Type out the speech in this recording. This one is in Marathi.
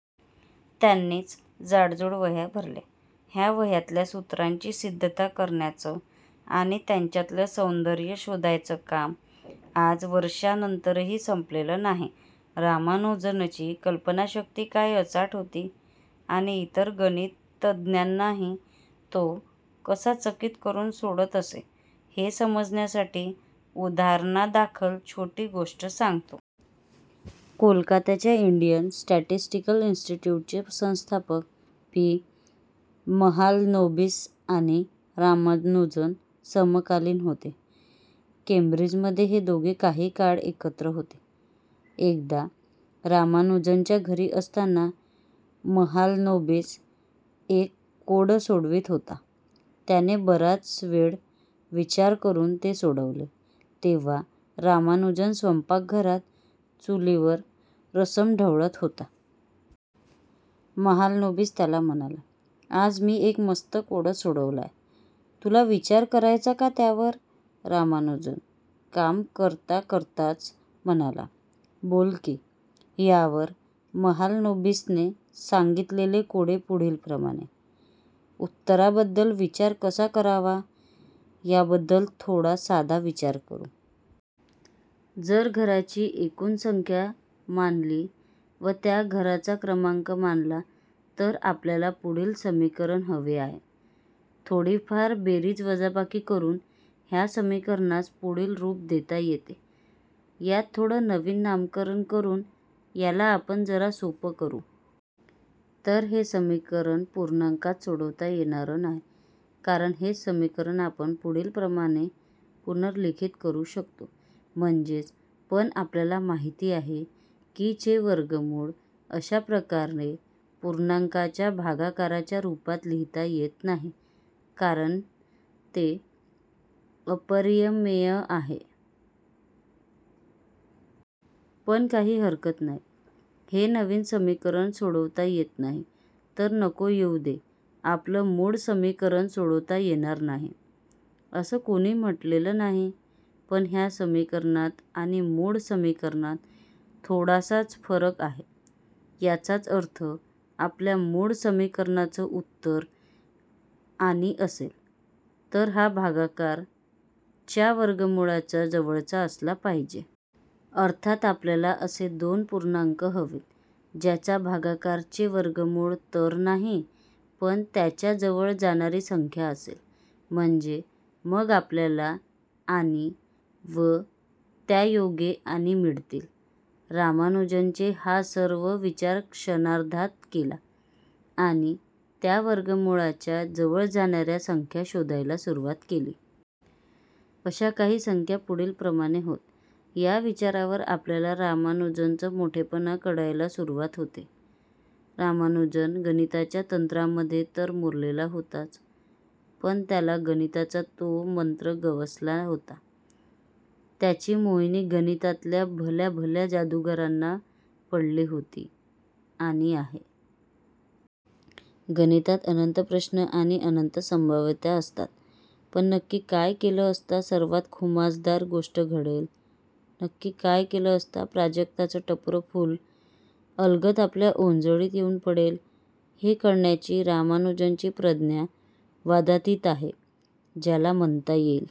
त्यांनीच जाडजूड वह्या भरल्या. ह्या वह्यांतल्या सूत्रांची सिद्धता करण्याचं आणि त्यांच्यातलं सौंदर्य शोधायचं काम आज वर्षांनंतरही संपलेलं नाही! रामानुजनची कल्पनाशक्ती काय अचाट होती, आणि इतर गणितज्ञांनाही तो कसा चकित करून सोडत असे, हे समजण्यासाठी उदाहरणादाखल छोटी गोष्ट सांगतो. कोलकात्याच्या इंडियन स्टॅटिस्टिकल इन्स्टिट्यूटचे संस्थापक पी. महालनोबिस आणि रामानुजन समकालीन होते. केंब्रिजमध्ये हे दोघे काही काळ एकत्र होते. एकदा रामानुजनच्या घरी असताना महालनोबिस एक कोडं सोडवत होता. त्याने बराच वेळ विचार करून ते सोडवले, तेव्हा रामानुजन स्वयंपाकघरात चुलीवर रसम ढवळत होता. महालनोबिस त्याला म्हणाला, "आज मी एक मस्त कोडं सोडवलंय. तुला विचार करायचा का त्यावर? " रामानुजन काम करता करताच म्हणाला, "बोल की! " ह्यावर महालनोबिसने सांगितलेले कोडे पुढीलप्रमाणे -उत्तराबद्दल विचार कसा करावा, ह्याबद्दल थोडा साधा विचार करू. –जर घरांची एकूण संख्या मानली, व त्या घराचा क्रमांक मानला, तर आपल्याला पुढील समीकरण हवे आहे -थोडीफार बेरीज-वजाबाकी करून ह्या समीकरणास पुढील रूप देता येते -ह्यात थोडं नवीन नामकरण करून ह्याला आपण जरा सोपं करू. तर हे समीकरण पूर्णांकांत सोडवता येणार नाही. कारण हेच समीकरण आपण पुढीलप्रमाणे पुनर्लिखित करू शकतो -म्हणजेच, पण आपल्याला माहिती आहे, की चे वर्गमूळ अश्या प्रकारे पूर्णांकांच्या भागाकाराच्या रूपात लिहिता येत नाही, कारण ते अपरिमेय आहे. पण काही हरकत नाही! हे नवीन समीकरण सोडवता येत नाही तर नको येऊ दे! आपलं मूळ समीकरण सोडवता येणार नाही, असं कोणीच म्हटलेलं नाही. पण ह्या समीकरणात आणि मूळ समीकरणात थोडासाच फरक आहे, ह्याचाच अर्थ आपल्या मूळ समीकरणाचं उत्तर आणि असेल, तर हा भागाकार च्या वर्गमूळाच्या जवळचा असला पाहिजे! अर्थात, आपल्याला असे दोन पूर्णांक हवेत, ज्यांचा भागाकार चे वर्गमूळ तर नाही, पण त्याच्या जवळ जाणारी संख्या असेल. म्हणजे मग आपल्याला आणि, व त्यायोगे आणि मिळतील. रामानुजनने हा सर्व विचार क्षणार्धात केला आणि च्या वर्गमूळाच्या जवळ जाणार्या संख्या शोधायला सुरवात केली. अश्या काही संख्या पुढीलप्रमाणे होत -, ह्या विचारावर आपल्याला रामानुजनचं मोठेपण कळायला सुरवात होते. रामानुजन गणिताच्या तंत्रामध्ये तर मुरलेला होताच, पण त्याला गणिताचा जो मंत्र गवसला होता, त्याची मोहिनी गणितातल्या भल्याभल्या जादूगारांना पडली होती आणि आहे. गणितात अनंत प्रश्न आणि अनंत संभाव्यता असतात, पण नक्की काय केलं असता सर्वात खुमासदार गोष्ट घडेल, नक्की काय केलं असता प्राजक्ताचं टपोरं फूल अलगद आपल्या ओंजळीत येऊन पडेल हे कळण्याची रामानुजनची प्रज्ञा वादातीत आहे. ज्याला '' म्हणता येईल,